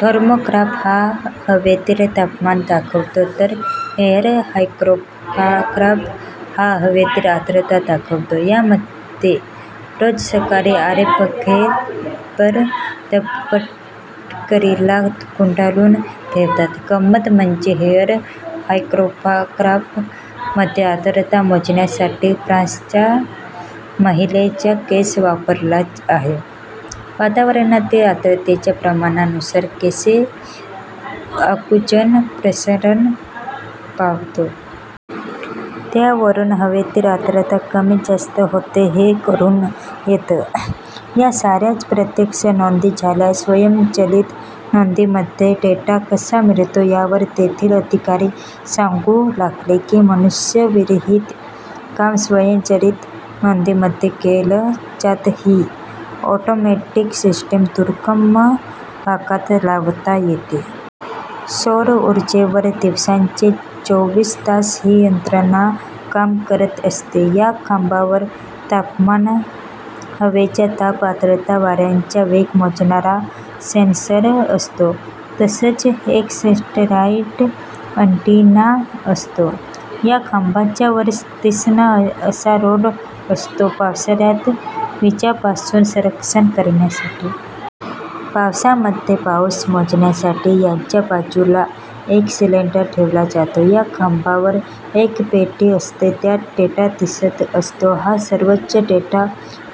Thermograph' हा हवेतील तापमान दाखवतो, तर 'हेअर हायग्रोग्राफ' हा हवेतील आर्द्रता दाखवतो. यामध्ये रोज सकाळी आलेखपेपर तबकडीला गुंडाळून ठेवतात. गंमत म्हणजे 'हेअर हायग्रोग्राफ'मध्ये आर्द्रता मोजण्यासाठी फ्रान्सच्या महिलेचा केस वापरला आहे. वातावरणातील आर्द्रतेच्या प्रमाणानुसार केस आकुंचन-प्रसरण पावतो. त्यावरून हवेतील आर्द्रता कमी-जास्त होते, हे कळून येतं. या साऱ्या प्रत्यक्ष नोंदी झाल्या. स्वयंचलित नोंदीमध्ये डेटा कसा मिळतो? यावर तेथील अधिकारी सांगू लागले की, मनुष्यविरहीत काम स्वयंचलित नोंदीमध्ये केलं जातं. ही ऑटोमॅटिक सिस्टीम दुर्गम भागात लावता येते. सौर ऊर्जेवर दिवसाचे चोवीस तास ही यंत्रणा काम करत असते. या खांबावर तापमान, हवेचा दाब, आर्द्रता, वाऱ्याचा वेग मोजणारा सेन्सर असतो. तसंच एक सॅटेलाइट अँटीना असतो. या खांबाच्या वर तीक्ष्ण असा रॉड असतो, पावसाळ्यात विजांपासून संरक्षण करण्यासाठी. पावसामध्ये पाऊस मोजण्यासाठी याच्या बाजूला एक सिलिंडर ठेवला जातो. या खांबावर एक पेटी असते, त्यात डेटा दिसत असतो. हा सर्व डेटा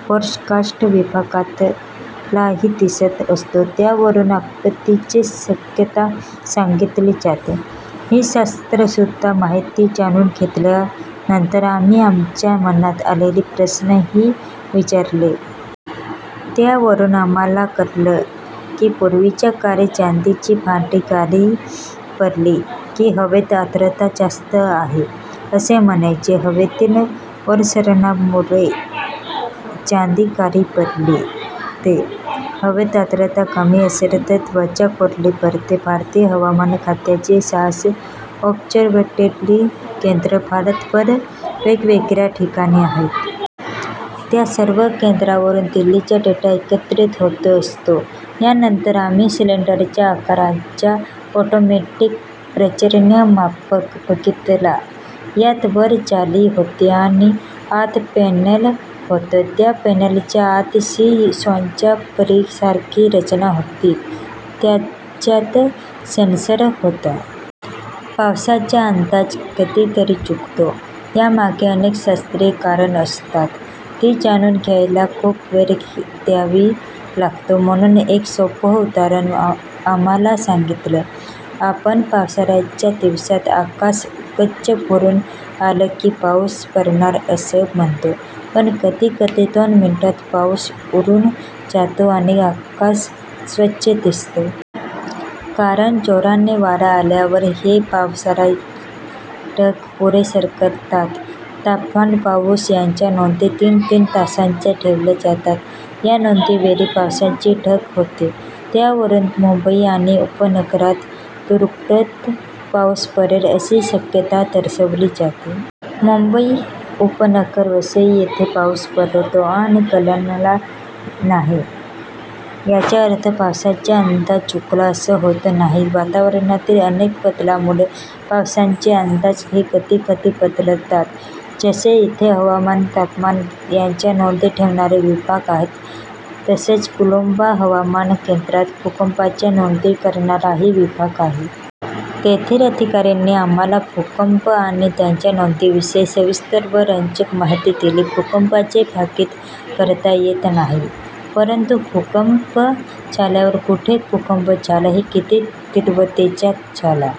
फोरकास्ट विभागालाही दिसत असतो. त्यावरून आपत्तीची शक्यता सांगितली जाते. ही शास्त्रशुद्ध माहिती जाणून घेतल्यानंतर आम्ही आमच्या मनात आलेले प्रश्नही विचारले. त्यावरून आम्हांला कळलं की, पूर्वीच्या काळी चांदीची भांडी काळी पडली की, हवेत आर्द्रता जास्त आहे असं म्हणायचे. हवेतील ओलसरपणामुळे चांदी काळी पडते. हवेत आर्द्रता कमी असेल तर त्वचा कोरडी पडते. भारतीय हवामान खात्याची सहाशे ऑब्झर्व्हेटरी केंद्रं भारतभर वेगवेगळ्या ठिकाणी आहेत. त्या सर्व केंद्रांवरून दिल्लीला डेटा एकत्रित होत असतो. यानंतर आम्ही सिलिंडरच्या आकाराचा ऑटोमॅटिक पर्जन्यमापक बघितला. यात वर जाळी होती आणि आत एक फनेल होतं. त्या फनेलच्या आत सी-सॉच्या फळीसारखी रचना होती. त्याच्यात सेन्सर होता. पावसाचा अंदाज कधीतरी चुकतो, यामागे अनेक शास्त्रीय कारणं असतात. ती जाणून घ्यायला खूप वेळ द्यावा लागतो. म्हणून एक सोपं उदाहरण आम्हांला सांगितलं. आपण पावसाळ्याच्या दिवसात आकाश गच्च भरून आलं की, पाऊस पडणार असं म्हणतो, पण कधी कधी दोन मिनिटांत पाऊस उडून जातो आणि आकाश स्वच्छ दिसतं. कारण जोराचा वारा आल्यावर हे पावसाळी ढग पुढे सरकतात. तापमान, पाऊस याच्या नोंदी तीन-तीन तासांनी ठेवल्या जातात. या नोंदीवेळी पावसाळी ढग होते; त्यावरून मुंबई आणि उपनगरात तुरळक पाऊस पडेल अशी शक्यता दर्शवली जाते. मुंबई उपनगर, वसई येथे पाऊस पडतो आणि कल्याणला नाही याचा अर्थ पावसाचा अंदाज चुकला असं होत नाही. वातावरणातील अनेक बदलांमुळे पावसाचे अंदाज हे कधी कधी बदलतात. जसे इथे हवामान, तापमान याच्या नोंदी ठेवणारे विभाग आहेत, तसेच कुलाबा हवामान केंद्रात भूकंपाच्या नोंदी करणाराही विभाग आहे. तेथील अधिकाऱ्यांनी आम्हांला भूकंप आणि त्यांच्या नोंदीविषयी सविस्तर व रंजक माहिती दिली. भूकंपाचं भाकीत करता येत नाही, परंतु भूकंप झाल्यावरच कुठे भूकंप झाला, किती तीव्रतेचा झाला,